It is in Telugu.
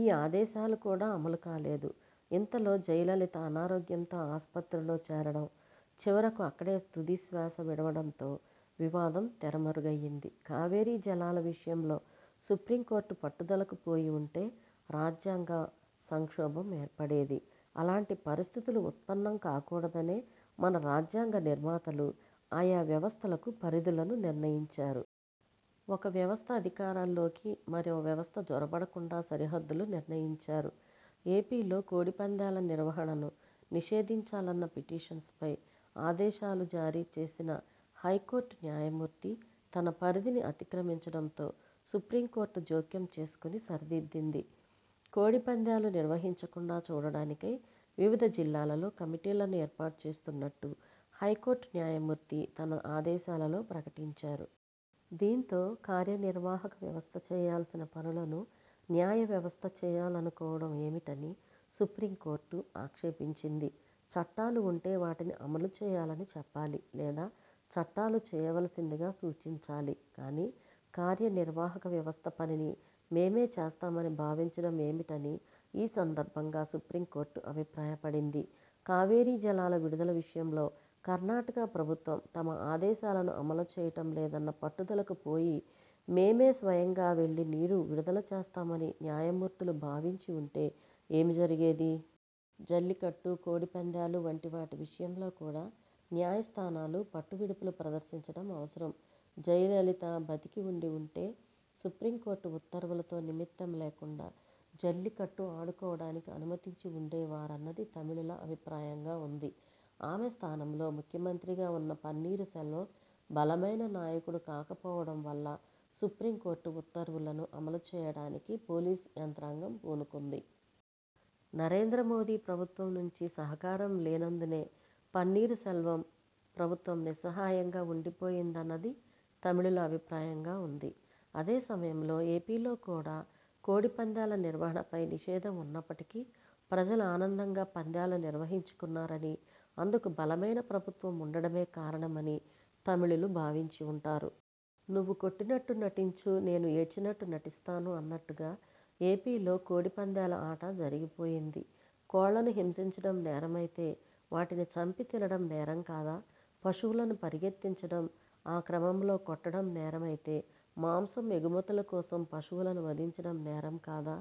ఈ ఆదేశాలు కూడా అమలుకాలేదు. ఇంతలో జయలలిత అనారోగ్యంతో ఆసుపత్రిలో చేరడం, చివరకు అక్కడే తుదిశ్వాస విడవడంతో వివాదం తెరమరుగయింది. కావేరీ జలాల విషయంలో సుప్రీంకోర్టు పట్టుదలకు పోయి ఉంటే రాజ్యాంగ సంక్షోభం ఏర్పడేది. అలాంటి పరిస్థితులు ఉత్పన్నం కాకూడదనే మన రాజ్యాంగ నిర్మాతలు ఆయా వ్యవస్థలకు పరిధులను నిర్ణయించారు. ఒక వ్యవస్థ అధికారాల్లోకి మరో వ్యవస్థ జొరబడకుండా సరిహద్దులు నిర్ణయించారు. ఏపీలో కోడి పందేల నిర్వహణను నిషేధించాలన్న పిటిషన్పై ఆదేశాలు జారీ చేసిన హైకోర్టు న్యాయమూర్తి తన పరిధిని అతిక్రమించడంతో సుప్రీంకోర్టు జోక్యం చేసుకుని సరిదిద్దింది. కోడి పందేలు నిర్వహించకుండా చూడటానికై వివిధ జిల్లాలలో కమిటీలను ఏర్పాటుచేస్తున్నట్టు హైకోర్టు న్యాయమూర్తి తన ఆదేశాలలో ప్రకటించారు. దీంతో కార్యనిర్వాహక వ్యవస్థ చేయాల్సిన పనులను న్యాయ వ్యవస్థ చేయాలనుకోవడం ఏమిటని సుప్రీంకోర్టు ఆక్షేపించింది. చట్టాలు ఉంటే వాటిని అమలుచేయాలని చెప్పాలి. లేదా చట్టాలు చేయవలసిందిగా సూచించాలి గానీ కార్యనిర్వాహక వ్యవస్థ పనిని మేమే చేస్తామని భావించడం ఏమిటని ఈ సందర్భంగా సుప్రీంకోర్టు అభిప్రాయపడింది. కావేరీ జలాల విడుదల విషయంలో కర్ణాటక ప్రభుత్వం తమ ఆదేశాలను అమలుచేయడం లేదన్న పట్టుదలకు పోయి మేమే స్వయంగా వెళ్లి నీరు విడుదల చేస్తామని న్యాయమూర్తులు భావించి ఉంటే ఏమి జరిగేది? జల్లికట్టు, కోడి పందేలు వంటి వాటి విషయంలో కూడా న్యాయస్థానాలు పట్టువిడుపులు ప్రదర్శించడం అవసరం. జయలలిత బతికి ఉండి ఉంటే సుప్రీంకోర్టు ఉత్తర్వులతో నిమిత్తం లేకుండా జల్లికట్టు ఆడుకోవడానికి అనుమతించి ఉండేవారన్నది తమిళుల అభిప్రాయంగా ఉంది. ఆమె స్థానంలో ముఖ్యమంత్రిగా ఉన్న పన్నీరు సెల్వం బలమైన నాయకుడు కాకపోవడం వల్ల సుప్రీంకోర్టు ఉత్తర్వులను అమలుచేయడానికి పోలీసు యంత్రాంగం పూనుకుంది. నరేంద్ర మోదీ ప్రభుత్వం నుంచి సహకారం లేనందునే పన్నీరు సెల్వం ప్రభుత్వం నిస్సహాయంగా ఉండిపోయిందన్నది తమిళుల అభిప్రాయంగా ఉంది. అదే సమయంలో ఏపీలో కూడా కోడి పందేల నిర్వహణపై నిషేధం ఉన్నప్పటికీ ప్రజలు ఆనందంగా పందేలు నిర్వహించుకున్నారనీ, అందుకు బలమైన ప్రభుత్వం ఉండటమే కారణమనీ తమిళులు భావించి ఉంటారు. 'నువ్వు కొట్టినట్టు నటించు----– నేను ఏడ్చినట్టు నటిస్తాను' అన్నట్టుగా ఏపీలో కోడి పందేల ఆట జరిగిపోయింది. కోళ్లను హింసించడం నేరమైతే వాటిని చంపి తినడం నేరం కాదా? పశువులను పరిగెత్తించడం, ఆ క్రమంలో కొట్టడం నేరమైతే మాంసం ఎగుమతుల కోసం పశువులను వధించడం నేరం కాదా?